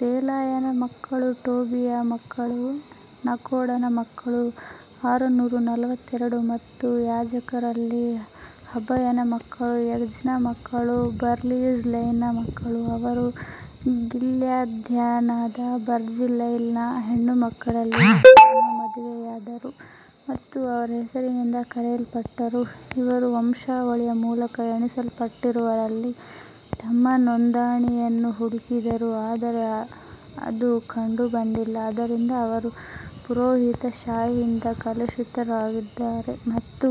ದೆಲಾಯನ ಮಕ್ಕಳು ಟೋಬೀಯನ ಮಕ್ಕಳು ನೆಕೋಡನ ಮಕ್ಕಳು ಆರುನೂರ ನಲವತ್ತೆರಡು ಮತ್ತು ಯಾಜಕರಲ್ಲಿ ಹಬಯನ ಮಕ್ಕಳು, ಕೋಜ್ನ ಮಕ್ಕಳು ಬರ್ಜಿಲ್ಲೈನ ಮಕ್ಕಳು, ಅವರು ಗಿಲ್ಯಾದ್ಯನಾದ ಬರ್ಜಿಲ್ಲೈನ ಹೆಣ್ಣುಮಕ್ಕಳಲ್ಲಿ ಒಬ್ಬಳನ್ನು ಮದುವೆಯಾದರು ಮತ್ತು ಅವರ ಹೆಸರಿನಿಂದ ಕರೆಯಲ್ಪಟ್ಟರು. ಇವರು ವಂಶಾವಳಿಯ ಮೂಲಕ ಎಣಿಸಲ್ಪಟ್ಟವರಲ್ಲಿ ತಮ್ಮ ನೋಂದಣಿಯನ್ನು ಹುಡುಕಿದರು ಆದರೆ ಅದು ಕಂಡುಬಂದಿಲ್ಲ ಆದ್ದರಿಂದ ಅವರು ಪುರೋಹಿತಶಾಹಿಯಿಂದ ಕಲುಷಿತರಾಗಿದ್ದಾರೆ ಮತ್ತು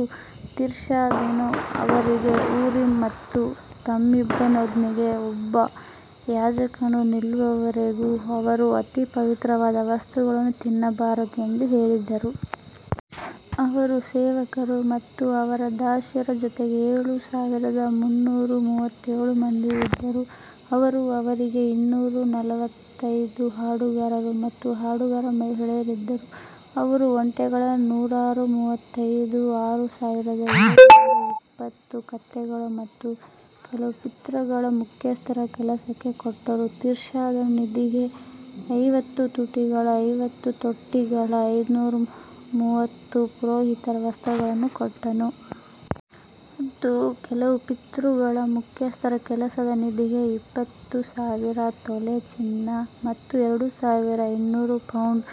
ತಿರ್ಷಾಥನು ಅವರಿಗೆ, ಊರಿಮ್ ಮತ್ತು ತುಮ್ಮಿಮ್ನೊಂದಿಗೆ ಒಬ್ಬ ಯಾಜಕನು ನಿಲ್ಲುವವರೆಗೂ ಅವರು ಅತಿ ಪವಿತ್ರವಾದ ವಸ್ತುಗಳನ್ನು ತಿನ್ನಬಾರದು ಎಂದು ಹೇಳಿದರು. ಅವರ ಸೇವಕರು ಮತ್ತು ಅವರ ದಾಸಿಯರ ಜೊತೆಗೆ ಏಳು ಸಾವಿರದ ಮುನ್ನೂರ ಮೂವತ್ತೇಳು ಮಂದಿ ಇದ್ದರು ಮತ್ತು ಅವರಿಗೆ ಇನ್ನೂರ ನಲವತ್ತೈದು ಹಾಡುಗಾರರು ಮತ್ತು ಹಾಡುಗಾರ ಮಹಿಳೆಯರು ಇದ್ದರು. ಅವರ ಒಂಟೆಗಳು ನಾನೂರ ಮೂವತ್ತೈದು ಆರು ಸಾವಿರದ ಏಳುನೂರ ಇಪ್ಪತ್ತು ಕತ್ತೆಗಳು ಮತ್ತು ಕೆಲವು ಪಿತೃಗಳ ಮುಖ್ಯಸ್ಥರು ಕೆಲಸಕ್ಕೆ ಕೊಟ್ಟರು, ತಿರ್ಷಾಥನು ನಿಧಿಗೆ ಐವತ್ತು ತೊಟ್ಟಿಗಳ ಐವತ್ತು ತೊಟ್ಟಿಗಳ ಐನೂರ ಮೂವತ್ತು ಪುರೋಹಿತರ ವಸ್ತ್ರಗಳನ್ನು ಕೊಟ್ಟನು. ಮತ್ತು ಕೆಲವು ಪಿತೃಗಳ ಮುಖ್ಯಸ್ಥರು ಕೆಲಸದ ನಿಧಿಗೆ ಇಪ್ಪತ್ತು ಸಾವಿರ ತೊಲೆ ಚಿನ್ನ ಮತ್ತು ಎರಡು ಸಾವಿರದ ಇನ್ನೂರು ಪೌಂಡ್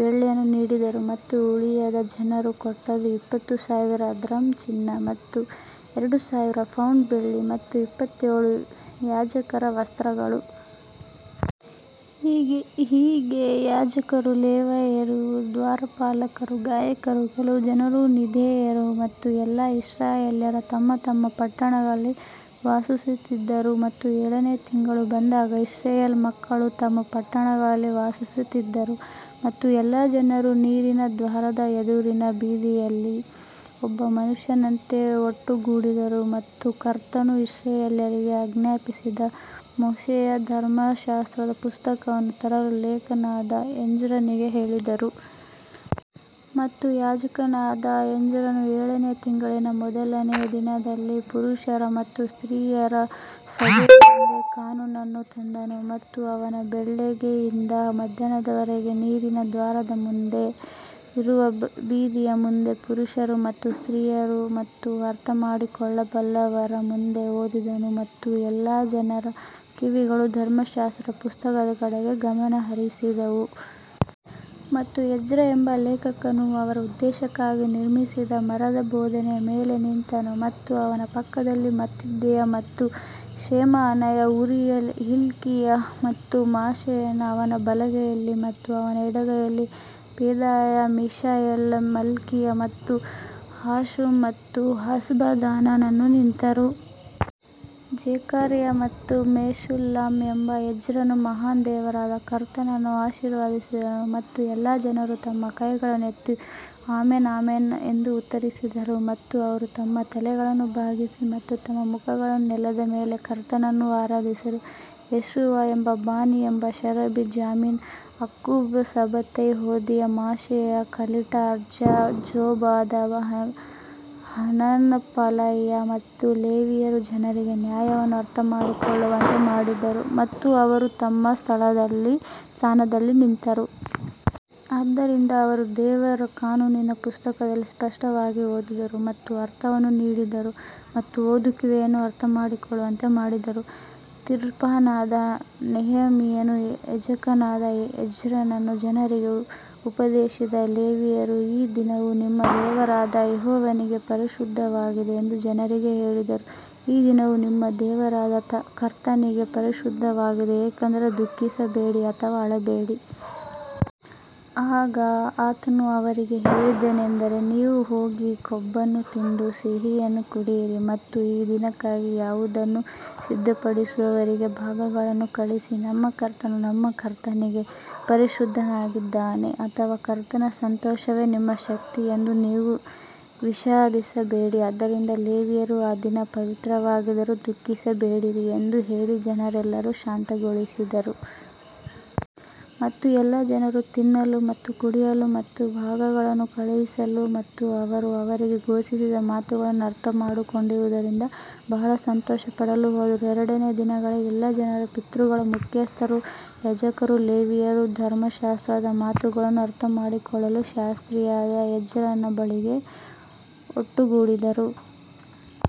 ಬೆಳ್ಳಿಯನ್ನು ನೀಡಿದರು. ಮತ್ತು ಉಳಿದ ಜನರು ಕೊಟ್ಟದ್ದು ಇಪ್ಪತ್ತು ಸಾವಿರ ದ್ರಾಮ್ ಚಿನ್ನ ಮತ್ತು ಎರಡು ಸಾವಿರ ಪೌಂಡ್ ಬೆಳ್ಳಿ ಮತ್ತು ಎಪ್ಪತ್ತೇಳು ಯಾಜಕರ ವಸ್ತ್ರಗಳು. ಹೀಗೆ ಯಾಜಕರು, ಲೇವಿಯರು, ದ್ವಾರಪಾಲಕರು, ಗಾಯಕರು, ಕೆಲವು ಜನರು, ನೆಥಿನಿಯರು ಮತ್ತು ಎಲ್ಲಾ ಇಸ್ರಾಯೇಲ್ಯರು ತಮ್ಮ ತಮ್ಮ ಪಟ್ಟಣಗಳಲ್ಲಿ ವಾಸಿಸುತ್ತಿದ್ದರು ಮತ್ತು ಏಳನೇ ತಿಂಗಳು ಬಂದಾಗ ಇಸ್ರಾಯೇಲ್ ಮಕ್ಕಳು ತಮ್ಮ ಪಟ್ಟಣಗಳಲ್ಲಿ ವಾಸಿಸುತ್ತಿದ್ದರು. ಮತ್ತು ಎಲ್ಲಾ ಜನರು ನೀರಿನ ದ್ವಾರದ ಎದುರಿನ ಬೀದಿಯಲ್ಲಿ ಒಬ್ಬ ಮನುಷ್ಯನಂತೆ ಒಟ್ಟುಗೂಡಿದರು ಮತ್ತು ಕರ್ತನು ಇಸ್ರಾಯೇಲ್ಯರಿಗೆ ಆಜ್ಞಾಪಿಸಿದ ಮೋಶೆಯ ಧರ್ಮಶಾಸ್ತ್ರದ ಪುಸ್ತಕವನ್ನು ತರಲು ಲೇಖಕನಾದ ಎಜ್ರನಿಗೆ ಹೇಳಿದರು. ಮತ್ತು ಯಾಜಕನಾದ ಎಜ್ರನು ಏಳನೆಯ ತಿಂಗಳಿನ ಮೊದಲನೆಯ ದಿನದಲ್ಲಿ ಪುರುಷ ಮತ್ತು ಸ್ತ್ರೀಯರ ಸಭೆಯ ಮುಂದೆ ಕಾನೂನನ್ನು ತಂದನು. ಮತ್ತು ಅವನು ಬೆಳಿಗ್ಗೆಯಿಂದ ಮಧ್ಯಾಹ್ನದವರೆಗೆ ನೀರಿನ ದ್ವಾರದ ಮುಂದೆ ಇರುವ ಬೀದಿಯ ಮುಂದೆ ಪುರುಷರು ಮತ್ತು ಸ್ತ್ರೀಯರು ಮತ್ತು ಅರ್ಥಮಾಡಿಕೊಳ್ಳಬಲ್ಲವರ ಮುಂದೆ ಓದಿದನು ಮತ್ತು ಎಲ್ಲಾ ಜನರ ಕಿವಿಗಳು ಧರ್ಮಶಾಸ್ತ್ರದ ಪುಸ್ತಕದ ಕಡೆಗೆ ಗಮನಹರಿಸಿದವು. ಮತ್ತು ಎಜ್ರ ಎಂಬ ಲೇಖಕನು ಅವರು ಉದ್ದೇಶಕ್ಕಾಗಿ ನಿರ್ಮಿಸಿದ ಮರದ ಬೋಧನೆಯ ಮೇಲೆ ನಿಂತನು ಮತ್ತು ಅವನ ಪಕ್ಕದಲ್ಲಿ ಮತ್ತಿಥಿಯ ಮತ್ತು ಶೆಮಾ, ಅನಯ, ಉರೀಯ, ಹಿಲ್ಕೀಯ ಮತ್ತು ಮಾಸೇಯನು ಅವನ ಬಲಗೈಯಲ್ಲಿ ಮತ್ತು ಅವನ ಎಡಗೈಯಲ್ಲಿ ಪೆದಾಯ, ಮಿಶಾಯೇಲ್, ಮಲ್ಕೀಯ ಮತ್ತು ಹಾಶುಮ್ ಮತ್ತು ಹಷ್ಬದಾನನು ನಿಂತಿದ್ದರು. ಜೆಕರಿಯಾ ಮತ್ತು ಮೆಶುಲ್ಲಾಮ್ ಮತ್ತು ಎಜ್ರನು ಮಹಾನ್ ದೇವರಾದ ಕರ್ತನನ್ನು ಆಶೀರ್ವದಿಸಿದನು ಮತ್ತು ಎಲ್ಲಾ ಜನರು ತಮ್ಮ ಕೈಗಳನ್ನು ಎತ್ತಿ ಆಮೆನ್ ಆಮೆನ್ ಎಂದು ಉತ್ತರಿಸಿದರು ಮತ್ತು ಅವರು ತಮ್ಮ ತಲೆಗಳನ್ನು ಬಾಗಿಸಿ ಮತ್ತು ತಮ್ಮ ಮುಖಗಳನ್ನು ನೆಲದ ಮೇಲೆ ಕರ್ತನನ್ನು ಆರಾಧಿಸಿದರು. ಯೆಷುವಾ ಮತ್ತು ಬಾನಿ ಮತ್ತು Sherebiah Jamin Akkub Shabbethai Hodiah Maaseiah Kelita Azariah Jozabad Hanan Pelaiah ಮತ್ತು ಲೇವಿಯರು ಜನರಿಗೆ ನ್ಯಾಯವನ್ನು ಅರ್ಥಮಾಡಿಕೊಳ್ಳುವಂತೆ ಮಾಡಿದರು ಮತ್ತು ಜನರು ತಮ್ಮ ಸ್ಥಾನದಲ್ಲಿ ನಿಂತರು. ಆದ್ದರಿಂದ ಅವರು ದೇವರ ಕಾನೂನಿನ ಪುಸ್ತಕದಲ್ಲಿ ಸ್ಪಷ್ಟವಾಗಿ ಓದಿದರು ಮತ್ತು ಅರ್ಥವನ್ನು ನೀಡಿದರು ಮತ್ತು ಓದುವಿಕೆಯನ್ನು ಅರ್ಥಮಾಡಿಕೊಳ್ಳುವಂತೆ ಮಾಡಿದರು ತಿರ್ಷಾತನಾದ ನೆಹೆಮೀಯನೂ ಯಾಜಕನಾದ ಎಜ್ರನೂ ಜನರಿಗೆ ಉಪದೇಶಿಸಿದ ಲೇವಿಯರೂ ಈ ದಿನವು ನಿಮ್ಮ ದೇವರಾದ ಯೆಹೋವನಿಗೆ ಪರಿಶುದ್ಧವಾಗಿದೆ ಎಂದು ಜನರಿಗೆ ಹೇಳಿದರು, ಈ ದಿನವು ನಿಮ್ಮ ದೇವರಾದ ಕರ್ತನಿಗೆ ಪರಿಶುದ್ಧವಾಗಿದೆ, ಯಾಕಂದರೆ ದುಃಖಿಸಬೇಡಿ ಅಥವಾ ಅಳಬೇಡಿ. ಆಗ ಆತನು ಅವರಿಗೆ ಹೇಳಿದ್ದೇನಂದರೆ, ನೀವು ಹೋಗಿ ಕೊಬ್ಬನ್ನು ತಿಂದು ಸಿಹಿಯನ್ನು ಕುಡಿಯಿರಿ ಮತ್ತು ಈ ದಿನಕ್ಕಾಗಿ ಯಾವುದನ್ನೂ ಸಿದ್ಧಪಡಿಸದವರಿಗೆ ಭಾಗಗಳನ್ನು ಕಳುಹಿಸಿ ನಮ್ಮ ಕರ್ತನು ನಮ್ಮ ಕರ್ತನಿಗೆ ಪರಿಶುದ್ಧನಾಗಿದ್ದಾನೆ ಅಥವಾ ಕರ್ತನ ಸಂತೋಷವೇ ನಿಮ್ಮ ಶಕ್ತಿ ಎಂದು ನೀವು ವಿಷಾದಿಸಬೇಡಿ. ಆದ್ದರಿಂದ ಲೇವಿಯರು ಆ ದಿನ ಪವಿತ್ರವಾಗಿದ್ದರೂ ದುಃಖಿಸಬೇಡಿರಿ ಎಂದು ಹೇಳಿ ಜನರೆಲ್ಲರನ್ನು ಶಾಂತಗೊಳಿಸಿದರು. ಮತ್ತು ಎಲ್ಲಾ ಜನರು ತಿನ್ನಲು ಮತ್ತು ಕುಡಿಯಲು ಮತ್ತು ಭಾಗಗಳನ್ನು ಕಳುಹಿಸಲು ಮತ್ತು ಅವರು ಅವರಿಗೆ ಘೋಷಿಸಿದ ಮಾತುಗಳನ್ನು ಅರ್ಥಮಾಡಿಕೊಂಡಿದ್ದರಿಂದ ಬಹಳ ಸಂತೋಷಪಡಲು ಹೋದರು. ಎರಡನೆಯ ದಿನದಲ್ಲಿ ಎಲ್ಲಾ ಜನರ ಪಿತೃಗಳ ಮುಖ್ಯಸ್ಥರೂ ಯಾಜಕರೂ ಲೇವಿಯರೂ ಧರ್ಮಶಾಸ್ತ್ರದ ಮಾತುಗಳನ್ನು ಅರ್ಥಮಾಡಿಕೊಳ್ಳಲು ಶಾಸ್ತ್ರಿಯಾದ ಎಜ್ರನ ಬಳಿಗೆ ಒಟ್ಟುಗೂಡಿದರು.